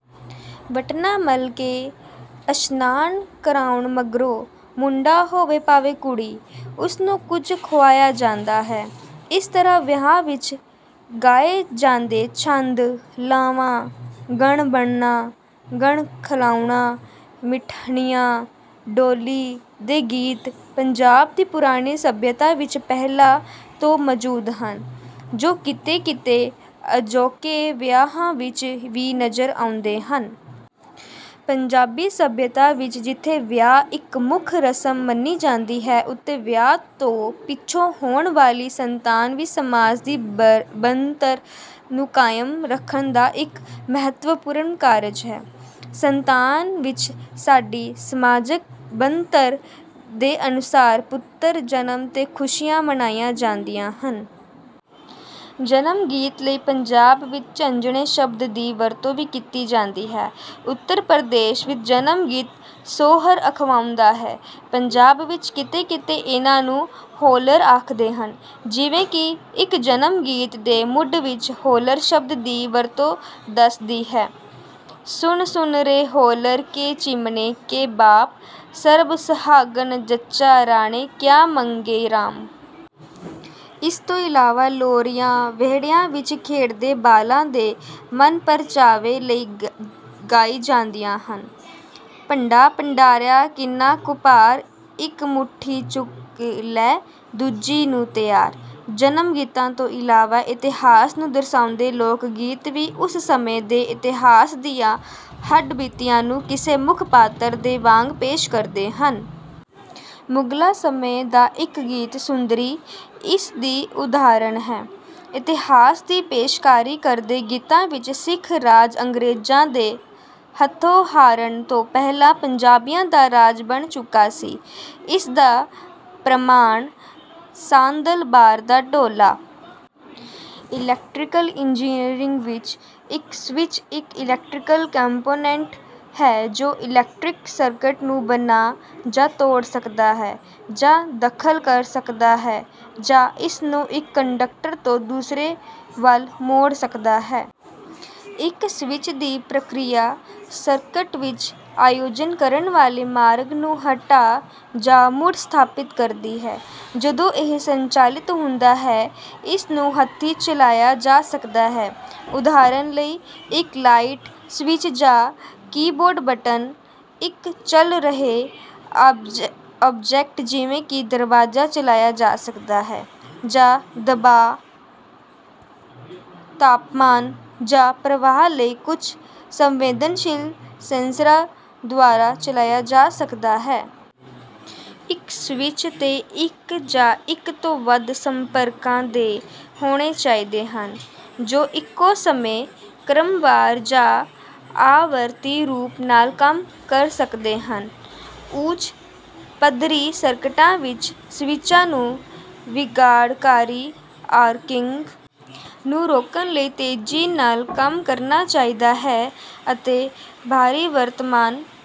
ਵਟਣਾ ਮਲ ਕੇ ਅਸ਼ਨਾਨ ਕਰਾਉਣ ਮਗਰੋਂ, ਮੁੰਡਾ ਹੋਵੇ ਭਾਵੇਂ ਕੁੜੀ, ਉਸ ਨੂੰ ਕੁਝ ਖੁਆਇਆ ਜਾਂਦਾ ਹੈ। ਇਸ ਤਰ੍ਹਾਂ ਵਿਆਹ ਵਿੱਚ ਗਾਏ ਜਾਂਦੇ ਛੰਦ, ਲਾਵਾਂ, ਜੰਞ ਬੰਨ੍ਹਣਾ, ਜੰਞ ਖਲਾਉਣੀ, ਸਿੱਠਣੀਆਂ, ਡੋਲੀ ਦੇ ਗੀਤ ਪੰਜਾਬ ਦੀ ਪੁਰਾਣੀ ਸੱਭਿਅਤਾ ਵਿੱਚ ਪਹਿਲਾਂ ਤੋਂ ਮੌਜੂਦ ਹਨ, ਜੋ ਕਿਤੇ ਕਿਤੇ ਅਜੋਕੇ ਵਿਆਹਾਂ ਵਿੱਚ ਵੀ ਨਜ਼ਰ ਆਉਂਦੇ ਹਨ। ਪੰਜਾਬੀ ਸੱਭਿਅਤਾ ਵਿੱਚ ਜਿੱਥੇ ਵਿਆਹ ਇੱਕ ਮੁੱਖ ਰਸਮ ਮੰਨੀ ਜਾਂਦੀ ਹੈ, ਉੱਥੇ ਵਿਆਹ ਤੋਂ ਪਿੱਛੋਂ ਹੋਣ ਵਾਲੀ ਸੰਤਾਨ ਵੀ ਸਮਾਜ ਦੀ ਬਣਤਰ ਨੂੰ ਕਾਇਮ ਰੱਖਣ ਦਾ ਇੱਕ ਮਹੱਤਵਪੂਰਨ ਕਾਰਜ ਹੈ। ਸੰਤਾਨ ਵਿੱਚ ਸਾਡੀ ਸਮਾਜਕ ਬਣਤਰ ਦੇ ਅਨੁਸਾਰ ਪੁੱਤਰ ਜਨਮ ਤੇ ਖੁਸ਼ੀਆਂ ਮਨਾਈਆਂ ਜਾਂਦੀਆਂ ਹਨ। ਜਨਮ ਗੀਤ ਲਈ ਪੰਜਾਬ ਵਿੱਚ 'ਝੁੰਜਣੇ' ਸ਼ਬਦ ਦੀ ਵਰਤੋਂ ਵੀ ਕੀਤੀ ਜਾਂਦੀ ਹੈ। ਉੱਤਰ ਪ੍ਰਦੇਸ਼ ਵਿੱਚ ਜਨਮ ਗੀਤ 'ਸੋਹਰ' ਅਖਵਾਉਂਦਾ ਹੈ। ਪੰਜਾਬ ਵਿੱਚ ਕਿਤੇ ਕਿਤੇ ਇਨ੍ਹਾਂ ਨੂੰ 'ਹੋਲਰ' ਆਖਦੇ ਹਨ, ਜਿਵੇਂ ਕਿ ਇੱਕ ਜਨਮ ਗੀਤ ਦੇ ਮੁੱਢ ਵਿੱਚ ਹੋਲਰ ਸ਼ਬਦ ਦੀ ਵਰਤੋਂ ਦੱਸਦੀ ਹੈ: ਸੁਣ ਸੁਣ ਰੇ ਹੋਲਰ ਕੇ ਚਿਮਨੇ ਕੇ ਬਾਪ, ਸਰਬ ਸਹਾਗਣ ਜੱਚਾ ਰਾਣੀ, ਕਿਆ ਮੰਗੇ ਰਾਮ। ਇਸ ਤੋਂ ਇਲਾਵਾ ਲੋਰੀਆਂ ਵਿਹੜਿਆਂ ਵਿੱਚ ਖੇਡਦੇ ਬਾਲਾਂ ਦੇ ਮਨਪਰਚਾਵੇ ਲਈ ਗਾਈ ਜਾਂਦੀਆਂ ਹਨ। ਭੰਡਾ ਭੰਡਾਰੀਆ ਕਿੰਨਾਂ ਕੁ ਭਾਰ, ਇੱਕ ਮੁੱਠੀ ਚੁੱਕ ਲੈ ਦੂਜੀ ਨੂੰ ਤਿਆਰ। ਜਨਮ ਗੀਤਾਂ ਤੋਂ ਇਲਾਵਾ ਇਤਿਹਾਸ ਨੂੰ ਦਰਸਾਉਂਦੇ ਲੋਕ ਗੀਤ ਵੀ ਉਸ ਸਮੇਂ ਦੇ ਇਤਿਹਾਸ ਦੀਆਂ ਹੱਡ ਬੀਤੀਆਂ ਨੂੰ ਕਿਸੇ ਮੁੱਖ ਪਾਤਰ ਦੇ ਵਾਂਗ ਪੇਸ਼ ਕਰਦੇ ਹਨ। ਮੁਗਲਾਂ ਸਮੇਂ ਦਾ ਇੱਕ ਗੀਤ 'ਸੁੰਦਰੀ' ਇਸ ਦੀ ਉਦਾਹਰਨ ਹੈ। ਇਤਿਹਾਸ ਦੀ ਪੇਸ਼ਕਾਰੀ ਕਰਦੇ ਗੀਤਾਂ ਵਿੱਚ ਸਿੱਖ ਰਾਜ ਅੰਗਰੇਜ਼ਾਂ ਦੇ ਹੱਥੋਂ ਹਾਰਨ ਤੋਂ ਪਹਿਲਾਂ ਪੰਜਾਬੀਆਂ ਦਾ ਰਾਜ ਬਣ ਚੁੱਕਾ ਸੀ। ਇਸ ਦਾ ਪ੍ਰਮਾਣ ਸਾਂਦਲ ਬਾਰ ਦਾ ਢੋਲਾ। ਇਲੈਕਟ੍ਰੀਕਲ ਇੰਜੀਨੀਅਰਿੰਗ ਵਿੱਚ, ਇੱਕ ਸਵਿੱਚ ਇੱਕ ਇਲੈਕਟ੍ਰੀਕਲ ਕੰਪੋਨੈਂਟ ਹੈ ਜੋ ਇਲੈਕਟ੍ਰਿਕ ਸਰਕਟ ਨੂੰ "ਬਣਾ" ਜਾਂ "ਤੋੜ" ਸਕਦਾ ਹੈ, ਜਾਂ ਦਖਲ ਕਰ ਸਕਦਾ ਹੈ ਜਾਂ ਇਸ ਨੂੰ ਇੱਕ ਕੰਡਕਟਰ ਤੋਂ ਦੂਸਰੇ ਵੱਲ ਮੋੜ ਸਕਦਾ ਹੈ। ਇੱਕ ਸਵਿੱਚ ਦੀ ਪ੍ਰਕਿਰਿਆ, ਸਰਕਟ ਵਿੱਚ ਆਯੋਜਨ ਕਰਨ ਵਾਲੇ ਮਾਰਗ ਨੂੰ ਹਟਾ ਜਾਂ ਮੁੜ ਸਥਾਪਿਤ ਕਰਦੀ ਹੈ ਜਦੋਂ ਇਹ ਸੰਚਾਲਿਤ ਹੁੰਦਾ ਹੈ। ਇਸ ਨੂੰ ਹੱਥੀਂ ਚਲਾਇਆ ਜਾ ਸਕਦਾ ਹੈ, ਉਦਾਹਰਨ ਲਈ, ਇੱਕ ਲਾਈਟ ਸਵਿੱਚ ਜਾਂ ਕੀਬੋਰਡ ਬਟਨ, ਇੱਕ ਚਲ ਰਹੇ ਆਬਜੈਕਟ ਜਿਵੇਂ ਕਿ ਦਰਵਾਜ਼ਾ ਚਲਾਇਆ ਜਾ ਸਕਦਾ ਹੈ, ਜਾਂ ਦਬਾਅ, ਤਾਪਮਾਨ ਜਾਂ ਪ੍ਰਵਾਹ ਲਈ ਕੁਝ ਸੰਵੇਦਨਸ਼ੀਲ ਸੈਂਸਰਾਂ ਦੁਆਰਾ ਚਲਾਇਆ ਜਾ ਸਕਦਾ ਹੈ। ਇੱਕ ਸਵਿੱਚ ਤੇ ਇੱਕ ਜਾਂ ਇੱਕ ਤੋਂ ਵੱਧ ਸੰਪਰਕਾਂ ਦੇ ਹੋਣੇ ਚਾਹੀਦੇ ਹਨ, ਜੋ ਇੱਕੋ ਸਮੇਂ, ਕ੍ਰਮਵਾਰ ਜਾਂ ਆਵਰਤੀ ਰੂਪ ਨਾਲ ਕੰਮ ਕਰ ਸਕਦੇ ਹਨ। ਉੱਚ ਪੱਧਰੀ ਸਰਕਟਾਂ ਵਿੱਚ ਸਵਿੱਚਾਂ ਨੂੰ ਵਿਗਾੜਕਾਰੀ ਆਰਕਿੰਗ ਨੂੰ ਰੋਕਣ ਲਈ ਤੇਜ਼ੀ ਨਾਲ ਕੰਮ ਕਰਨਾ ਚਾਹੀਦਾ ਹੈ, ਅਤੇ ਭਾਰੀ ਵਰਤਮਾਨ